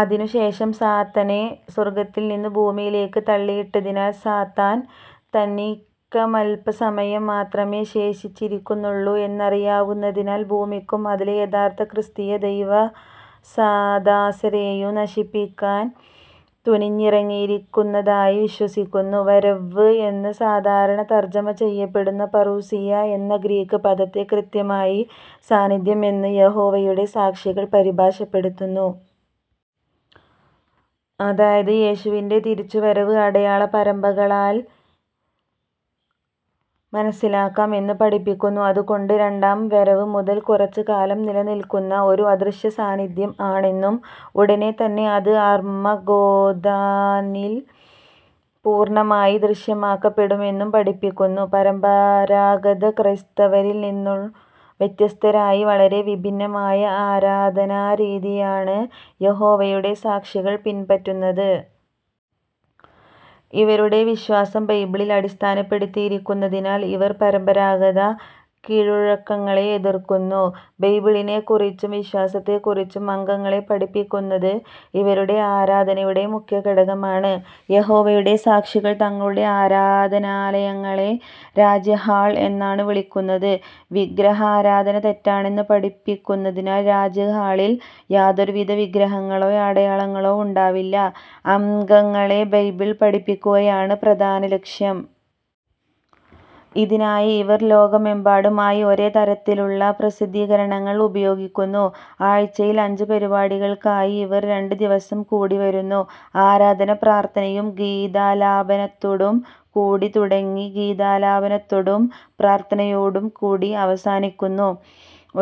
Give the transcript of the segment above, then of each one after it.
അതിനുശേഷം സാത്തനെ സ്വർഗ്ഗത്തിൽ നിന്ന് ഭൂമിയിലേയ്ക്ക് തള്ളിയിട്ടതിനാൽ, സാത്താൻ തനിക്കല്പസമയം മാത്രമെ ശേഷിച്ചിരിക്കുന്നുള്ളൂ എന്നറിയാവുന്നതിനാൽ ഭൂമിക്കും അതിലെ യഥാർത്ഥ ക്രിസ്തീയ ദൈവദാസരെയും നശിപ്പിക്കാൻ തുനിഞ്ഞിറങ്ങിയിരിക്കുന്നതായി വിശ്വസിക്കുന്നു. വരവ്വ് എന്ന് സാധാരണ തർജ്ജമ ചെയ്യപെടുന്ന "പറൂസിയ" എന്ന ഗ്രീക്ക് പദത്തെ, കൃത്യമായി "സാന്നിധ്യം" എന്ന് യഹോവയുടെ സാക്ഷികൾ പരിഭാഷപ്പെടുത്തുന്നു. അതായത് യേശുവിന്റെ തിരിച്ചുവരവ് അടയാള പരമ്പരകളാൽ മനസ്സിലാക്കാം എന്ന് പഠിപ്പിക്കുന്നു. അതുകൊണ്ട് രണ്ടാംവരവ് മുതൽ കുറച്ച് കാലം നിലനിൽക്കുന്ന ഒരു അദൃശ്യ സാന്നിധ്യം ആണെന്നും ഉടനെ തന്നെ അത് അർമ്മഗ്ദോനിൽ പൂർണ്ണമായി ദൃശ്യമാക്കപ്പെടുമെന്നും പഠിപ്പിക്കുന്നു. പരമ്പരാഗത ക്രൈസ്തവരിൽ നിന്നു വ്യത്യസ്തരായി വളരെ വിഭിന്നമായ ആരാധനാരീതിയാണ് യഹോവയുടെ സാക്ഷികൾ പിൻപറ്റുന്നത്. ഇവരുടെ വിശ്വസം ബൈബിളിൽ അടിസ്ഥാനപ്പെടുത്തിയിരിക്കുന്നതിനാൽ ഇവർ പരമ്പരാഗത കിഴ്വഴക്കങ്ങളെ എതിർക്കുന്നു. ബൈബിളിനെ കുറിച്ചും, വിശ്വാസത്തെ കുറിച്ചും അംഗങ്ങളെ പഠിപ്പിക്കുന്നത് ഇവരുടെ ആരാധനയുടെ മുഖ്യഘടകമാണ്. യഹോവയുടെ സാക്ഷികൾ തങ്ങളുടെ ആരാധനാലയങ്ങളെ രാജ്യഹാൾ എന്നാണ് വിളിക്കുന്നത്. വിഗ്രഹാരാധന തെറ്റാണെന്ന് പഠിപ്പിക്കുതിനാൽ രാജ്യഹാളിൽ യാതൊരുവിധ വിഗ്രഹങ്ങളോ, അടയാളങ്ങളൊ ഉണ്ടാവില്ല. അംഗങ്ങളെ ബൈബിൾ പഠിപ്പിക്കുകയാണ് പ്രധാന ലക്ഷ്യം. ഇതിനായി ഇവർ ലോകമെമ്പാടുമായി ഒരേ തരത്തിലുള്ള പ്രസിദ്ധീകരണങ്ങൾ ഉപയോഗിക്കുന്നു. ആഴ്ചയിൽ അഞ്ച് പരിപാടികൾക്കായി ഇവർ രണ്ട് ദിവസം കൂടിവരുന്നു. ആരാധന പ്രാർത്ഥനയും, ഗീതാലാപനത്തൊടും കൂടി തുടങ്ങി ഗീതാലാപനത്തൊടും, പ്രാർത്ഥനയൊടും കൂടി അവസാനിക്കുന്നു.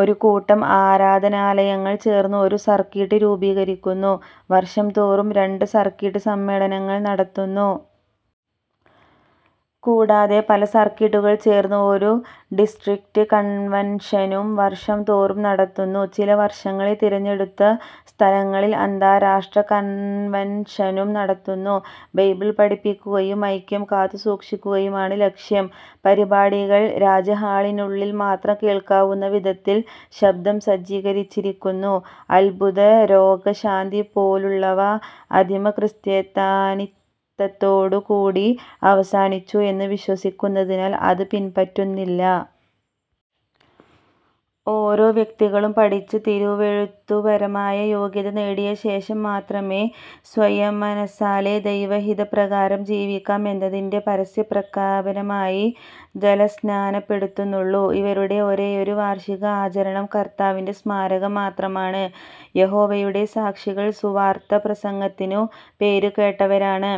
ഒരു കൂട്ടം ആരാധനാലയങ്ങൾ ചേർന്ന് ഒരു സർക്കീട്ട് രൂപീകരിക്കുന്നു. വർഷംതോറും രണ്ട് സർക്കിട്ട് സമ്മേളനങ്ങൾ നടത്തുന്നു. കൂടാതെ പല സർക്കീട്ടുകൾ ചേർന്ന് ഒരു ഡിസ്ട്രിക്റ്റ് കൺവൻഷനും വർഷം തോറും നടത്തുന്നു. ചില വർഷങ്ങളിൽ തിരഞ്ഞെടുത്ത സ്ഥലങ്ങളിൽ അന്താരാഷ്ട്ര കൺവൻഷനും നടത്തുന്നു. ബൈബിൾ പഠിപ്പിക്കുകയ്യും, ഐക്യം കാത്തുസൂക്ഷിക്കുകയുമാണ് ലക്ഷ്യം. പരിപാടികൾ രാജ്യഹാളിനുള്ളിൽ മാത്രം കേൾക്കാവുന്ന വിധത്തിൽ ശബ്ദം സജ്ജികരിച്ചിരിക്കുന്നു. അത്ഭുത രോഗശാന്തിപോളുള്ളവ അദിമ ക്രിസ്ത്യാനിത്തത്തോടു കൂടി അവസാനിച്ചു എന്ന് വിശ്വസിക്കുന്നതിനാൽ അത് പിൻപറ്റുന്നില്ല. ഒരോ വ്യക്തികളും പഠിച്ച് തിരുവെഴുത്തുപരമായ യോഗ്യത നേടിയശേഷം മാത്രമെ, സ്വയമനസാലെ ദൈവഹിതപ്രകാരം ജീവിക്കാം എന്നതിന്റെ പരസ്യപ്രഖ്യാപനമായി ജലസ്നാനപ്പെടുത്തുന്നുള്ളു. ഇവരുടെ ഒരെയൊരു വാർഷിക ആചരണം കർത്താവിന്റെ സമാരകം മാത്രമാണ്. യഹോവയുടെ സാക്ഷികൾ സുവാർത്ത പ്രസംഗത്തിനു പേരുകേട്ടവരാണ്,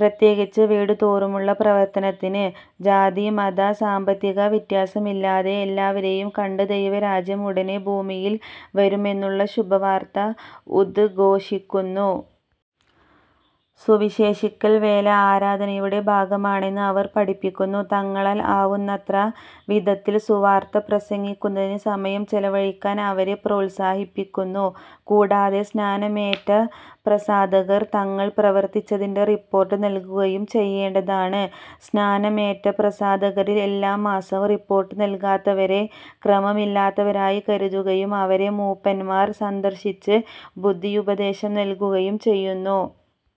പ്രത്യേകിച്ച് വീടുതോറുമുള്ള പ്രവർത്തനത്തിന്. ജാതി, മത, സാമ്പത്തിക വ്യത്യാസമില്ലാതെ എല്ലാവരെയും കണ്ട് ദൈവരാജ്യം ഉടനെ ഭൂമിയിൽ വരുമെന്നുള്ള ശുഭവാർത്ത ഉദ്ഘോഷിക്കുന്നു. സുവിശേഷിക്കൽ വേല ആരാധനയുടെ ഭാഗമാണെന്ന് അവർ പഠിപ്പിക്കുന്നു. തങ്ങളാൽ ആവുന്നത്ര വിധത്തിൽ സുവാർത്ത പ്രസംഗിക്കുന്നതിന് സമയം ചെലവഴിക്കാൻ അവരെ പ്രോത്സാഹിപ്പിക്കുന്നു, കൂടാതെ സ്നാനമേറ്റ പ്രസാദകർ തങ്ങൾ പ്രവർത്തിച്ചതിന്റെ റിപ്പോർട്ട് നൽകുകയും ചെയ്യേണ്ടതാണ്. സ്നാനമേറ്റ പ്രസാദകരിൽ എല്ലാ മാസവും റിപ്പോർട്ട് നൽകാത്തവരെ ക്രമമില്ലാത്തവരായി കരുതുകയും, അവരെ മൂപ്പന്മാർ സന്ദർശിച്ച് ബുദ്ധിയുപദേശം നൽകുകയും ചെയ്യുന്നു.